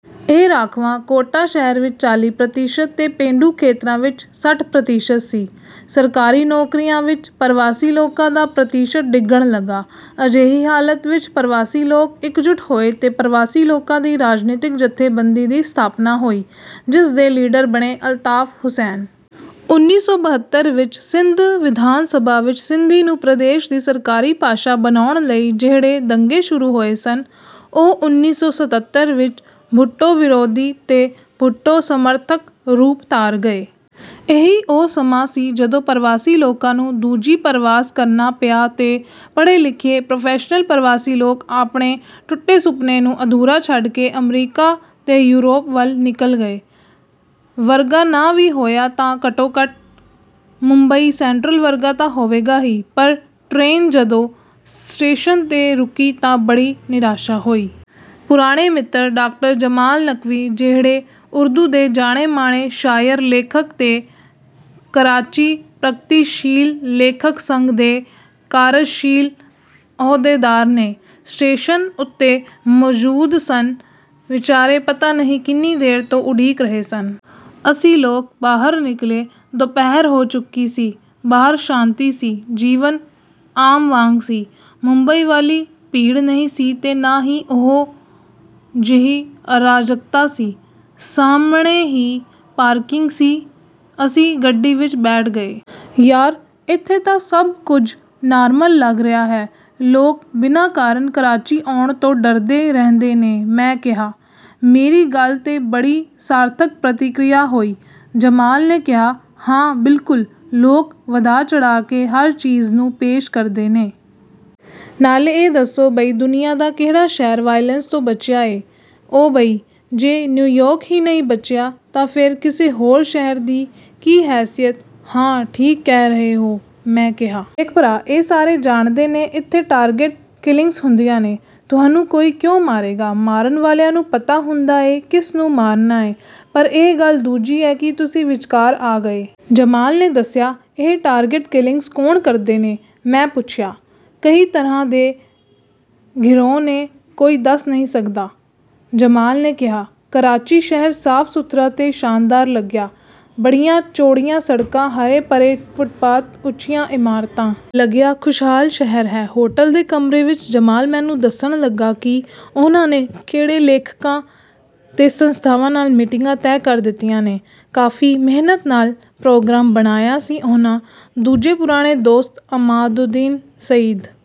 ਇਹ ਰਾਖਵਾਂ ਕੋਟਾ ਸ਼ਹਿਰ ਵਿੱਚ ਚਾਲੀ ਪ੍ਰਤੀਸ਼ਤ ਤੇ ਪੇਂਡੂ ਖੇਤਰਾਂ ਵਿੱਚ ਸੱਠ ਪ੍ਰਤੀਸ਼ਤ ਸੀ। ਸਰਕਾਰੀ ਨੌਕਰੀਆਂ ਵਿੱਚ ਪਰਵਾਸੀ ਲੋਕਾਂ ਦਾ ਪ੍ਰਤੀਸ਼ਤ ਡਿੱਗਣ ਲੱਗਾ। ਅਜਿਹੀ ਹਾਲਤ ਵਿੱਚ ਪਰਵਾਸੀ ਲੋਕ ਇੱਕਜੁੱਟ ਹੋਏ ਤੇ ਪਰਵਾਸੀ ਲੋਕਾਂ ਦੀ ਰਾਜਨੀਤਿਕ ਜਥੇਬੰਦੀ ਦੀ ਸਥਾਪਨਾ ਹੋਈ, ਜਿਸ ਦੇ ਲੀਡਰ ਬਣੇ ਅਲਤਾਫ਼ ਹੁਸੈਨ। ਉੱਨੀ ਸੌ ਬਹੱਤਰ ਵਿੱਚ ਸਿੰਧ ਵਿਧਾਨ ਸਭਾ ਵਿੱਚ ਸਿੰਧੀ ਨੂੰ ਪ੍ਰਦੇਸ਼ ਦੀ ਸਰਕਾਰੀ ਭਾਸ਼ਾ ਬਣਾਉਣ ਲਈ ਜਿਹੜੇ ਦੰਗੇ ਸ਼ੁਰੂ ਹੋਏ ਸਨ, ਉਹ ਉੱਨੀ ਸੌ ਸਤੱਤਰ ਵਿੱਚ ਭੁੱਟੋ ਵਿਰੋਧੀ ਤੇ ਭੁੱਟੋ ਸਮਰਥਕ ਰੂਪ ਧਾਰ ਗਏ। ਇਹੀ ਉਹ ਸਮਾਂ ਸੀ, ਜਦੋਂ ਪਰਵਾਸੀ ਲੋਕਾਂ ਨੂੰ ਦੂਜੀ ਪਰਵਾਸ ਕਰਨਾ ਪਿਆ ਤੇ ਪੜ੍ਹੇ-ਲਿਖੇ ਪ੍ਰੋਫੈਸ਼ਨਲ ਪਰਵਾਸੀ ਲੋਕ ਆਪਣੇ ਟੁੱਟੇ ਸੁਪਨੇ ਨੂੰ ਅਧੂਰਾ ਛੱਡ ਕੇ ਅਮਰੀਕਾ ਤੇ ਯੂਰਪ ਵੱਲ ਨਿਕਲ ਗਏ। ਵਰਗਾ ਨਾ ਵੀ ਹੋਇਆ ਤਾਂ ਘੱਟੋ-ਘੱਟ ਮੁੰਬਈ ਸੈਂਟਰਲ ਵਰਗਾ ਤਾਂ ਹੋਵੇਗਾ ਹੀ, ਪਰ ਟਰੇਨ ਜਦੋਂ ਸਟੇਸ਼ਨ 'ਤੇ ਰੁਕੀ ਤਾਂ ਬੜੀ ਨਿਰਾਸ਼ਾ ਹੋਈ। ਪੁਰਾਣੇ ਮਿੱਤਰ ਡਾ. ਜਮਾਲ ਨਕਵੀ, ਜਿਹੜੇ ਉਰਦੂ ਦੇ ਜਾਣੇ-ਮਾਣੇ ਸ਼ਾਇਰ, ਲੇਖਕ ਤੇ ਕਰਾਚੀ ਪ੍ਰਗਤੀਸ਼ੀਲ ਲੇਖਕ ਸੰਘ ਦੇ ਕਾਰਜਸ਼ੀਲ ਅਹੁਦੇਦਾਰ ਨੇ, ਸਟੇਸ਼ਨ ਉੱਤੇ ਮੌਜੂਦ ਸਨ। ਵਿਚਾਰੇ ਪਤਾ ਨਹੀਂ ਕਿੰਨੀ ਦੇਰ ਤੋਂ ਉਡੀਕ ਰਹੇ ਸਨ। ਅਸੀਂ ਲੋਕ ਬਾਹਰ ਨਿਕਲੇ। ਦੁਪਹਿਰ ਹੋ ਚੁੱਕੀ ਸੀ। ਬਾਹਰ ਸ਼ਾਂਤੀ ਸੀ। ਜੀਵਨ ਆਮ ਵਾਂਗ ਸੀ। ਮੁੰਬਈ ਵਾਲੀ ਭੀੜ ਨਹੀਂ ਸੀ ਤੇ ਨਾ ਹੀ ਓਹੋ-ਜਿਹੀ ਅਰਾਜਕਤਾ ਸੀ। ਸਾਹਮਣੇ ਹੀ ਪਾਰਕਿੰਗ ਸੀ। ਅਸੀਂ ਗੱਡੀ ਵਿੱਚ ਬੈਠ ਗਏ। "ਯਾਰ, ਇੱਥੇ ਤਾਂ ਸਭ ਕੁਝ ਨਾਰਮਲ ਲੱਗ ਰਿਹਾ ਏ। ਲੋਕ ਬਿਨਾਂ ਕਾਰਨ ਕਰਾਚੀ ਆਉਣ ਤੋਂ ਡਰਦੇ ਰਹਿੰਦੇ ਨੇ।" ਮੈਂ ਕਿਹਾ। ਮੇਰੀ ਗੱਲ 'ਤੇ ਬੜੀ ਸਾਰਥਕ ਪ੍ਰਤੀਕ੍ਰਿਆ ਹੋਈ। ਜਮਾਲ ਨੇ ਕਿਹਾ, "ਹਾਂ, ਬਿਲਕੁਲ। ਲੋਕ ਵਧਾ-ਚੜ੍ਹਾ ਕੇ ਹਰ ਚੀਜ਼ ਨੂੰ ਪੇਸ਼ ਕਰਦੇ ਨੇ। ਨਾਲੇ ਇਹ ਦੱਸੋ ਬਈ ਦੁਨੀਆਂ ਦਾ ਕਿਹੜਾ ਸ਼ਹਿਰ 'ਵਾਇਲੈਂਸ' ਤੋਂ ਬਚਿਆ ਏ? ਓ ਬਈ... ਜੇ ਨਿਊਯਾਰਕ ਹੀ ਨਹੀਂ ਬਚਿਆ, ਤਾਂ ਫੇਰ ਕਿਸੇ ਹੋਰ ਸ਼ਹਿਰ ਦੀ ਕੀ ਹੈਸੀਅਤ...।" "ਹਾਂ, ਠੀਕ ਕਹਿ ਰਹੇ ਓ।" ਮੈਂ ਕਿਹਾ। "ਦੇਖ ਭਰਾ... ਇਹ ਸਾਰੇ ਜਾਣਦੇ ਨੇ... ਇੱਥੇ 'ਟਾਰਗੇਟ ਕਿਲਿੰਗਸ' ਹੁੰਦੀਆਂ ਨੇ। ਤੁਹਾਨੂੰ ਕੋਈ ਕਿਉਂ ਮਾਰੇਗਾ? ਮਾਰਨ ਵਾਲਿਆਂ ਨੂੰ ਪਤਾ ਹੁੰਦਾ ਏ ਕਿਸ ਨੂੰ ਮਾਰਨਾ ਏ, ਪਰ ਇਹ ਗੱਲ ਦੂਜੀ ਐ ਕਿ ਤੁਸੀਂ ਵਿਚਕਾਰ ਆ ਗਏ।" ਜਮਾਲ ਨੇ ਦੱਸਿਆ। "ਇਹ ਟਾਰਗੇਟ ਕਿਲਿੰਗਸ ਕੌਣ ਕਰਦੇ ਨੇ?" ਮੈਂ ਪੁੱਛਿਆ। "ਕਈ ਤਰ੍ਹਾਂ ਦੇ ਗਿਰੋਹ ਨੇ... ਕੋਈ ਦੱਸ ਨਹੀਂ ਸਕਦਾ।" ਜਮਾਲ ਨੇ ਕਿਹਾ। ਕਰਾਚੀ ਸ਼ਹਿਰ ਸਾਫ਼-ਸੁਥਰਾ ਤੇ ਸ਼ਾਨਦਾਰ ਲੱਗਿਆ। ਬੜੀਆਂ ਚੌੜੀਆਂ ਸੜਕਾਂ, ਹਰੇ-ਭਰੇ ਫੁਟਪਾਥ, ਉੱਚੀਆਂ ਇਮਾਰਤਾਂ... ਲੱਗਿਆ, ਖ਼ੁਸ਼ਹਾਲ ਸ਼ਹਿਰ ਹੈ। ਹੋਟਲ ਦੇ ਕਮਰੇ ਵਿੱਚ ਜਮਾਲ ਮੈਨੂੰ ਦੱਸਣ ਲੱਗਾ ਕਿ ਉਹਨਾਂ ਨੇ ਕਿਹੜੇ ਲੇਖਕਾਂ ਤੇ ਸੰਸਥਾਵਾਂ ਨਾਲ ਮੀਟਿੰਗਾਂ ਤੈਅ ਕਰ ਦਿੱਤੀਆਂ ਨੇ। ਕਾਫ਼ੀ ਮਿਹਨਤ ਨਾਲ ਪ੍ਰੋਗਰਾਮ ਬਣਾਇਆ ਸੀ ਉਹਨਾਂ। ਦੂਜੇ ਪੁਰਾਣੇ ਦੋਸਤ ਅਮਾਦਉੱਦੀਨ ਸਈਦ...